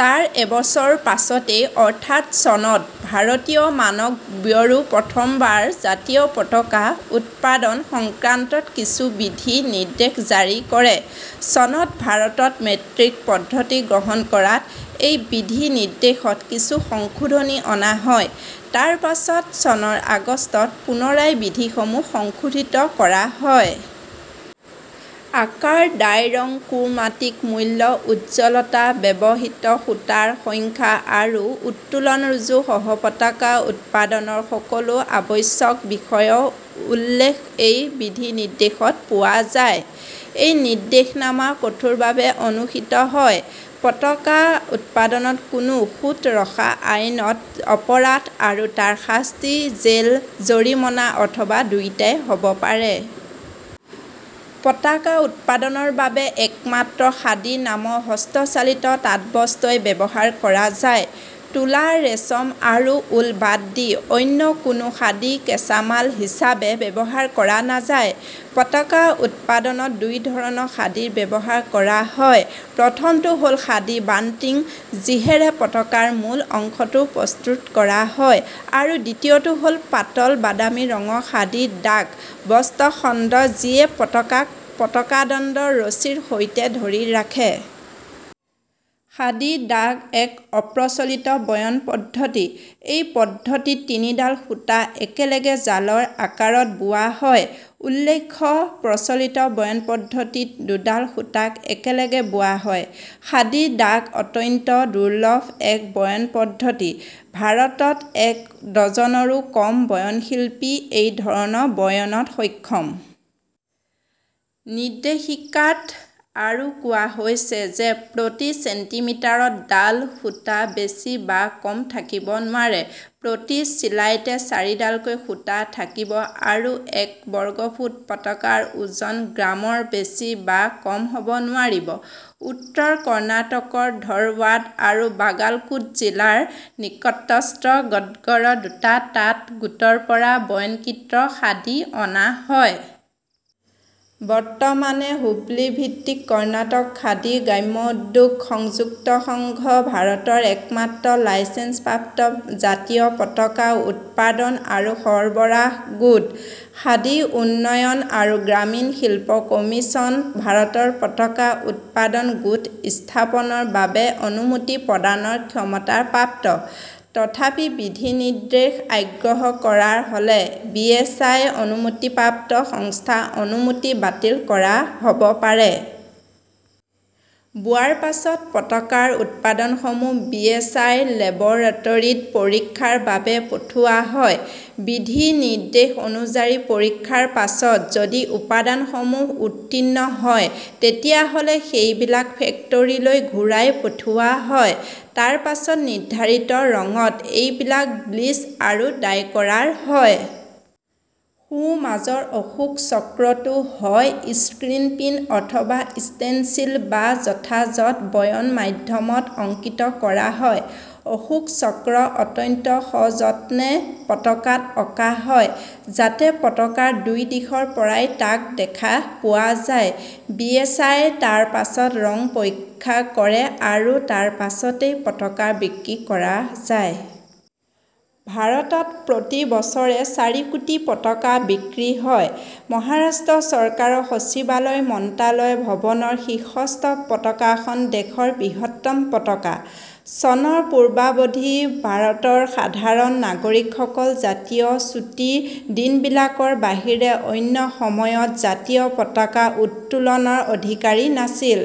তাৰ এবছৰ পাছতেই, অৰ্থাৎ চনত, ভাৰতীয় মানক ব্যুৰো প্ৰথম বাৰ জাতীয় পতাকা উৎপাদন সংক্ৰান্তত কিছু বিধি নিৰ্দেশ জাৰি কৰে। চনত ভাৰতত মেট্ৰিক পদ্ধতি গ্ৰহণ কৰাত এই বিধিনিৰ্দেশত কিছু সংশোধনী অনা হয়। তাৰপাছত চনৰ আগষ্টত পুনৰায় বিধিসমূহ সংশোধিত কৰা হয়। আকাৰ, ডাই ৰং, ক্ৰোমাটিক মূল্য, উজ্জ্বলতা, ব্যৱহৃত সূতাৰ সংখ্যা আৰু উত্তোলনৰজ্জু সহ পতাকা উৎপাদনৰ সকলো আৱশ্যক বিষয়ৰ উল্লেখ এই বিধিনিৰ্দেশত পোৱা যায়। এই নিৰ্দেশনামা কঠোৰভাবে অনুসৃত হয়। পতাকা উৎপাদনত কোনো খুঁত ৰখা আইনত: অপৰাধ; আৰু তাৰ শাস্তি জেল, জৰিমনা অথবা দুয়োটাই হ'ব পাৰে।। পতাকা উৎপাদনৰ বাবে একমাত্ৰ খাদী নামৰ হস্তচালিত তাঁতবস্ত্ৰই ব্যবহাৰ কৰা যায়। তুলা, ৰেচম আৰু উল বাদ দি অন্য কোনো খাদীৰ কেঁচামাল হিচাবে ব্যবহাৰ কৰা নাযায়। পতাকা উৎপাদনত দুই ধৰণৰ খাদী ব্যবহাৰ কৰা হয়; প্ৰথমটো হ'ল খাদী-বাণ্টিং, যিহেৰে পতাকাৰ মূল অংশটো প্ৰস্তুত কৰা হয় আৰু দ্বিতীয়টো হ'ল পাতল বাদামী ৰঙৰ খাদী-ডাক বস্ত্ৰখণ্ড, যিয়ে পতাকাক পতাকাদণ্ডৰ ৰছীৰ সৈতে ধৰি ৰাখে। খাদী-ডাক এক অপ্ৰচলিত বয়নপদ্ধতি। এই পদ্ধতিত তিনিডাল সূতা একেলগে জালৰ আকাৰত বোৱা হয়। উল্লেখ্য, প্ৰচলিত বয়নপদ্ধতিত দুডাল সূতাক একেলগে বোৱা হয়। খাদী-ডাক অত্যন্ত দুৰ্লভ এক বয়নপদ্ধতি। ভাৰতত এক ডজনৰো কম বয়নশিল্পী এই ধৰণৰ বয়নত সক্ষম। নিৰ্দেশিকাত আৰু কোৱা হৈছে যে, প্ৰতি চেণ্টিমিটাৰত ডাল সূতাৰ বেছি বা কম থাকিব নোৱাৰে, প্ৰতি চিলাইতে চাৰিডালকৈ সূতা থাকিব আৰু এক বৰ্গফুট পতাকাৰ ওজন গ্ৰামৰ বেছি বা কম হব নোৱাৰিব। উত্তৰ কৰ্ণাটক ৰ ধৰৱাদ আৰু বাগালকোট জিলাৰ নিকটস্থ গদগৰৰ দুটা তাঁত গোটৰ পৰা বয়নকৃত খাদী অনা হয়। বৰ্তমানে হুবলি -ভিত্তিক কৰ্ণাটক খাদী গ্ৰামোদ্যোগ সংযুক্ত সংঘ ভাৰতৰ একমাত্ৰ লাইচেঞ্চ-প্ৰাপ্ত জাতীয় পতাকা উৎপাদন আৰু সৰবৰাহ গোট। খাদী উন্নয়ন আৰু গ্ৰামীণ শিল্প কমিশ্যন ভাৰতত পতাকা উৎপাদন গোট স্থাপনৰ বাবে অনুমতি প্ৰদানৰ ক্ষমতাপ্ৰাপ্ত। তথাপি বিধিনিৰ্দেশ অগ্ৰাহ্য কৰা হলে বিএচআই অনুমতিপ্ৰাপ্ত সংস্থাৰ অনুমতি বাতিল কৰা হ'ব পাৰে। বোৱাৰ পাছত পতাকাৰ উপাদানসমূহ বিএচআই লেবৰেটৰীত পৰীক্ষাৰ বাবে পঠোৱা হয়। বিধিনিৰ্দেশ অনুযায়ী পৰীক্ষাৰ পাছত যদি উপাদানসমূহ উত্তীৰ্ণ হয়, তেতিয়াহ'লে সেইবিলাক ফেক্টৰীলৈ ঘূৰাই পঠোৱা হয়। তাৰপাছত নিৰ্ধাৰিত ৰঙত এইবিলাক ব্লিচ আৰু ডাই কৰাৰ হয়। সোঁমাজৰ অশোক চক্ৰ টো হয় স্ক্ৰিন প্ৰিণ্ট, অথবা ষ্টেনচিল বা যথাযথ বয়ন মাধ্যমত অংকিত কৰা হয়। অশোক চক্ৰ অত্যন্ত সযত্নে পতাকাত অকা হয়, যাতে পতাকাৰ দুই দিশৰ পৰাই তাক দেখা পোৱা যায়। বিএচআইয়ে তাৰপাছত ৰং পৰীক্ষা কৰে; আৰু তাৰপাছতেই পতাকা বিক্ৰী কৰা যায়। ভাৰত ত প্ৰতি বছৰে চাৰি কোটি পতাকা বিক্ৰী হয়। মহাৰাষ্ট্ৰ চৰকাৰৰ সচিবালয় মন্ত্ৰালয় ভৱনৰ শীৰ্ষস্থ পতাকাখন দেশৰ বৃহত্তম পতাকা। চনৰ পূৰ্বাবধি ভাৰতৰ সাধাৰণ নাগৰিকসকল জাতীয় ছুটি দিনবিলাকৰ বাহিৰে অন্য সময়ত জাতীয় পতাকা উত্তোলনৰ অধিকাৰী নাছিল।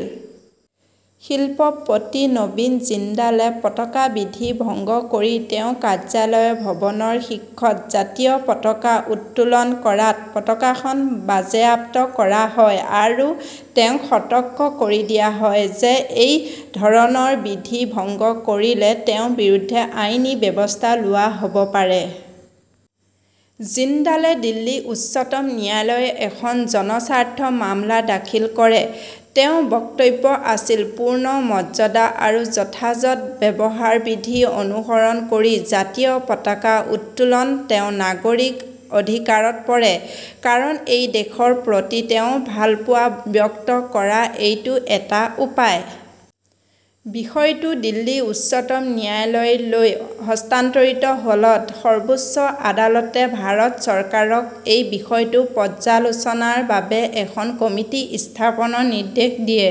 শিল্পপতি নবীন জিন্দালে পতাকাবিধি ভঙ্গ কৰি তেওঁ কাৰ্য্যালয় ভৱনৰ শীৰ্ষত জাতীয় পতাকা উত্তোলন কৰাত পতাকাখন বাজেয়াপ্ত কৰা হয় আৰু তেওঁক সতৰ্ক কৰি দিয়া হয় যে এই ধৰণৰ বিধি ভঙ্গ কৰিলে তেওঁৰ বিৰুদ্ধে আইনী ব্যবস্থা লোৱা হ'ব পাৰে। জিন্দালে দিল্লী উচ্চতম ন্যায়ালয় এখন জনস্বাৰ্থ মামলা দাখিল কৰে। তেওঁৰ বক্তব্য আছিল, পূৰ্ণ মৰ্যাদা আৰু যথাযথ ব্যবহাৰবিধি অনুসৰণ কৰি জাতীয় পতাকা উত্তোলন তেওঁৰ নাগৰিক অধিকাৰত পৰে; কাৰণ এই দেশৰ প্ৰতি তেওঁৰ ভালপোৱা ব্যক্ত কৰা এইটো এটা উপায়। বিষয়টো দিল্লী উচ্চতম ন্যায়ালয় লৈ হস্তান্তৰিত হ'লত সৰ্বোচ্চ আদালতে ভাৰত চৰকাৰক এই বিষয়টো পৰ্যালোচনাৰ বাবে এখন কমিটি স্থাপনৰ নিৰ্দেশ দিয়ে।